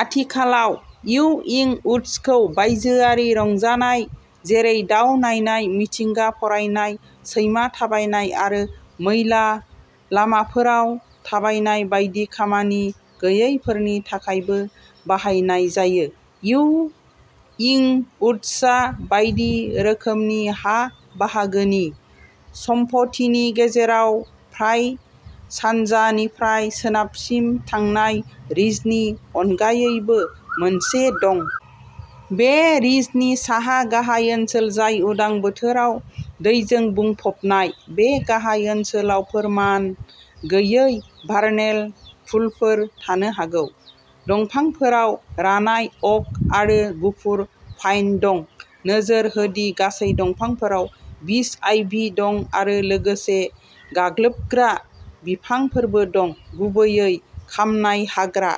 आथिखालाव, इउइं उड्सखौ बायजोआरि रंजानाय जेरै दाव नायनाय, मिथिंगा फरायनाय, सैमा थाबायनाय आरो मैला लामाफोराव थाबायनाय बायदि खामानि गैयैफोरनि थाखायबो बाहायनाय जायो। इउइं उड्सआ बायदि रोखोमनि हा-बाहागोनि। सम्पथिनि गेजेराव फ्राय सानजानिफ्राय सोनाबसिम थांनाय रिजनि अनगायैबो, मोनसे दं। बे रिजनि साहा गाहाय ओनसोल जाय उदां बोथोराव दैजों बुंफबनाय। बे गाहाय ओनसोलाव फोरमान गैयै भार्नेल पुलफोर थानो हागौ। दंफांफोराव रानाय अक आरो गुफुर पाइन दं। नोजोर हो दि गासै दंफांफोराव बिस आइभि दं आरो लोगोसे गाग्लोबग्रा बिफांफोरबो दं, गुबैयै "खामनाय हाग्रा"।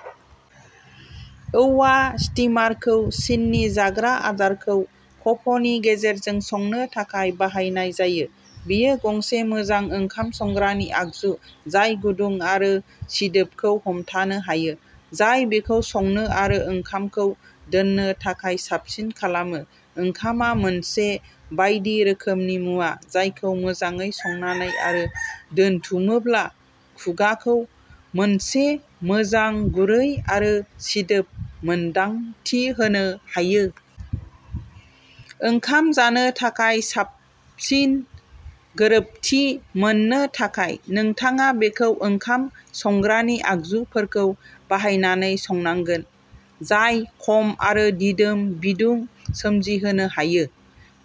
औवा स्टिमारखौ चीननि जाग्रा आदारखौ खफनि गेजेरजों संनो थाखाय बाहायनाय जायो। बेयो गंसे मोजां ओंखाम संग्रानि आगजु, जाय गुदुं आरो सिदोबखौ हमथानो हायो, जाय बेखौ संनो आरो ओंखामखौ दोननो थाखाय साबसिन खालामो। ओंखामआ मोनसे बायदि रोखोमनि मुवा, जायखौ मोजाङै संनानै आरो दोनथुमोब्ला, खुगाखौ मोनसे मोजां गुरै आरो सिदोब मोनदांथि होनो हायो। ओंखाम जानो थाखाय साबसिन गोरोबथि मोननो थाखाय, नोंथाङा बेखौ ओंखाम संग्रानि आगजुफोरखौ बाहायनानै संनांगोन, जाय खम आरो दिदोम बिदुं सोमजिहोनो हायो।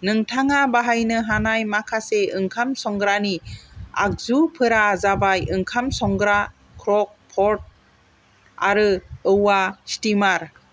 नोंथाङा बाहायनो हानाय माखासे ओंखाम संग्रानि आगजुफोरा जाबाय ओंखाम संग्रा, क्रक-पट आरो औवा स्टिमार।